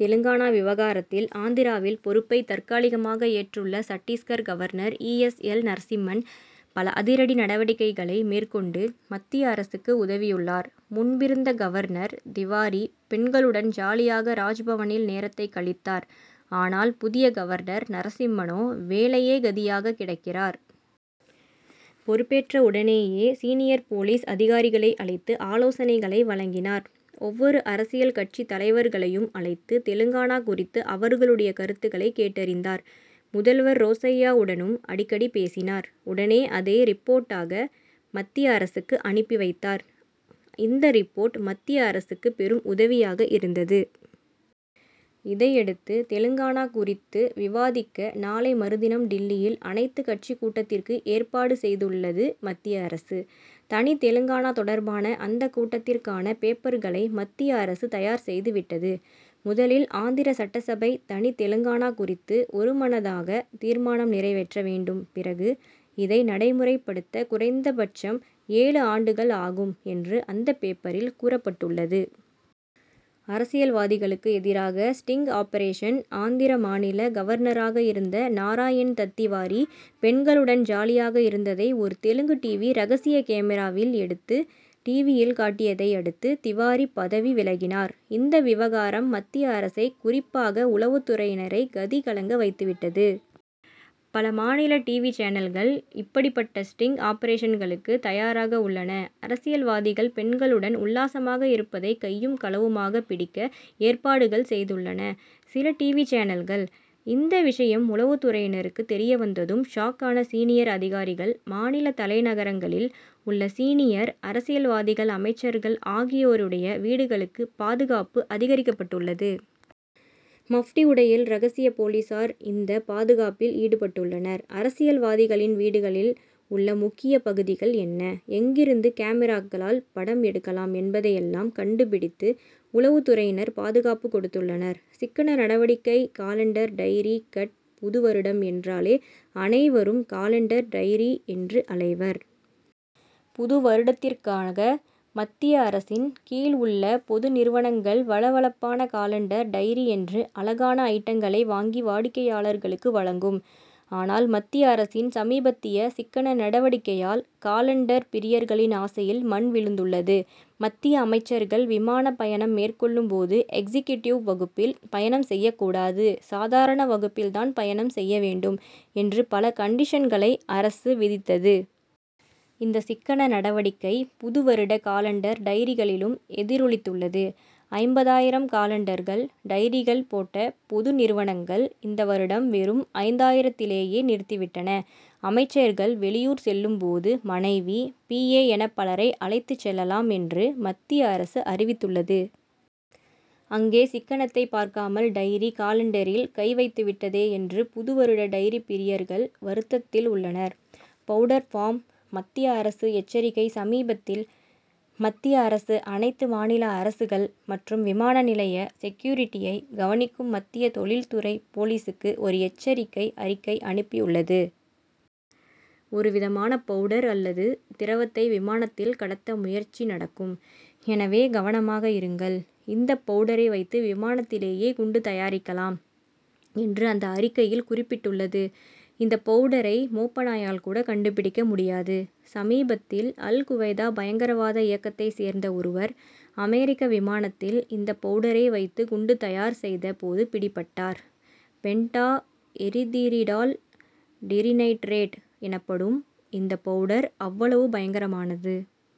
தெலுங்கானா விவகாரத்தில், ஆந்திராவின் பொறுப்பை தற்காலிகமாக ஏற்றுள்ள Chhattisgarh governor E. S. L. Narasimhan, பல அதிரடி நடவடிக்கைகளை மேற்கொண்டு, மத்திய அரசுக்கு உதவியுள்ளார். முன்பிருந்த கவர்னர் திவாரி, பெண்களுடன் ஜாலியாக ராஜ்பவனில் நேரத்தை கழித்தார். ஆனால், புதிய கவர்னர் நரசிம்மனோ வேலையே கதியாக கிடக்கிறார். பொறுப்பேற்ற உடனேயே, சீனியர் போலீஸ் அதிகாரிகளை அழைத்து ஆலோசனைகளை வழங்கினார். ஒவ்வொரு அரசியல் கட்சித் தலைவர்களையும் அழைத்து, தெலுங்கானா குறித்து அவர்களுடைய கருத்துக்களை கேட்டறிந்தார். முதல்வர் ரோசய்யாவுடனும் அடிக்கடி பேசினார். உடனே அதை ரிப்போர்ட்டாக மத்திய அரசுக்கு அனுப்பி வைத்தார். இந்த ரிப்போர்ட், மத்திய அரசுக்கு பெரும் உதவியாக இருந்தது. இதையெடுத்து, தெலுங்கானா குறித்து விவாதிக்க, நாளை மறுதினம் டில்லியில் அனைத்துக் கட்சிக் கூட்டத்திற்கு ஏற்பாடு செய்துள்ளது மத்திய அரசு. தனி தெலுங்கானா தொடர்பான அந்த கூட்டத்திற்கான பேப்பர்களை மத்திய அரசு தயார் செய்துவிட்டது. முதலில் ஆந்திர சட்டசபை தனி தெலுங்கானா குறித்து ஒருமனதாக தீர்மானம் நிறைவேற்ற வேண்டும் பிறகு, இதை நடைமுறை படுத்த குறைந்த பட்சம் ஏழு ஆண்டுகள் ஆகும் என்று அந்த பேப்பரில் கூறப்பட்டுள்ளது. அரசியல்வாதிகளுக்கு எதிராக ஸ்டிங் ஆபரேஷன் ஆந்திர மாநில கவர்னராக இருந்த நாராயண் தத்திவாரி, பெண்களுடன் ஜாலியாக இருந்ததை, ஒரு தெலுங்கு 'டிவி' ரகசிய கேமிராவில் எடுத்து, டிவியில் காட்டியதை அடுத்து, திவாரி பதவி விலகினார். இந்த விவகாரம் மத்திய அரசை குறிப்பாக உளவுத் துறையினரை கதி கலங்க வைத்துவிட்டது. பல மாநில 'டிவி' சேனல்கள், இப்படிப்பட்ட ஸ்டிங் ஆபரேஷன்களுக்கு தயாராக உள்ளன. அரசியல்வாதிகள் பெண்களுடன் உல்லாசமாக இருப்பதை கையும், களவுமாக பிடிக்க ஏற்பாடுகள் செய்துள்ளன சில 'டிவி' சேனல்கள். இந்த விஷயம் உளவுத் துறையினருக்கு தெரிய வந்ததும் 'ஷாக்' ஆன சீனியர் அதிகாரிகள். மாநில தலைநகரங்களில் உள்ள சீனியர் அரசியல்வாதிகள் அமைச்சர்கள் ஆகியோருடைய வீடுகளுக்கு, பாதுகாப்பு அதிகரிக்கப்பட்டுள்ளது. மப்டி உடையில் ரகசிய போலீசார் இந்த பாதுகாப்பில் ஈடுபட்டுள்ளனர். அரசியல்வாதிகளின் வீடுகளில் உள்ள முக்கிய பகுதிகள் என்ன? எங்கிருந்து காமிராக்களால் படம் எடுக்கலாம் என்பதையெல்லாம் கண்டுபிடித்து, உளவுத் துறையினர் பாதுகாப்பு கொடுத்துள்ளனர். சிக்கன நடவடிக்கை காலண்டர், டைரி 'கட்' புது வருடம் என்றாலே அனைவரும் காலண்டர், டைரி என்று அலைவர். புது வருடத்திற்காக மத்திய அரசின் கீழ் உள்ள பொது நிறுவனங்கள் வழ வழப்பான காலண்டர், டைரி என்று அழகான அயிட்டங்களை வாங்கி, வாடிக்கையாளர்களுக்கு வழங்கும். ஆனால், மத்திய அரசின் சமீபத்திய சிக்கன நடவடிக்கையால், காலண்டர் பிரியர்களின் ஆசையில் மண் விழுந்துள்ளது. 'மத்திய அமைச்சர்கள் விமானப் பயணம் மேற்கொள்ளும் போது எக்சிகியூடிவ் வகுப்பில் பயணம் செய்யக்கூடாது சாதாரண வகுப்பில் தான் பயணம் செய்ய வேண்டும்' என்று, பல கண்டிஷன்களை அரசு விதித்தது. இந்த சிக்கன நடவடிக்கை புது வருட காலண்டர், டைரிகளிலும் எதிரொலித்துள்ளது. ஐம்பதாயிரம் காலண்டர்கள், டைரிகள் போட்ட பொது நிறுவனங்கள், இந்த வருடம் வெறும் ஐந்தாயிரத்திலேயே நிறுத்திவிட்டன. 'அமைச்சர்கள் வெளியூர் செல்லும் போது மனைவி, பி. ஏ. என பலரை அழைத்துச் செல்லலாம் என்று, மத்திய அரசு அறிவித்துள்ளது. அங்கே சிக்கனத்தைப் பார்க்காமல் டைரி, காலண்டரில் கை வைத்துவிட்டதே என்று புது வருட டைரி பிரியர்கள் வருத்தத்தில் உள்ளனர். 'பவுடர் பாம்' மத்திய அரசு எச்சரிக்கை சமீபத்தில் மத்திய அரசு, அனைத்து மாநில அரசுகள் மற்றும் விமான நிலைய செக்யூரிடியை கவனிக்கும் மத்திய தொழில்துறை போலீசுக்கு ஒரு எச்சரிக்கை அறிக்கை அனுப்பியுள்ளது. ஒரு விதமான பவுடர் அல்லது திரவத்தை விமானத்தில் கடத்த முயற்சி நடக்கும். எனவே கவனமாக இருங்கள். இந்த பவுடரை வைத்து விமானத்திலேயே குண்டு தயாரிக்கலாம்' என்று அந்த அறிக்கையில் குறிப்பிட்டுள்ளது. இந்த பவுடரை மோப்ப நாயால் கூட கண்டுபிடிக்க முடியாது. சமீபத்தில், அல் குவைதா பயங்கரவாத இயக்கத்தைச் சேர்ந்த ஒருவர், அமெரிக்க விமானத்தில் இந்த பவுடரை வைத்து குண்டு தயார் செய்த போது பிடிபட்டார். பென்டா எரிதிரிடால் டிரிநைட்ரேட் எனப்படும் இந்த பவுடர் அவ்வளவு பயங்கரமானது.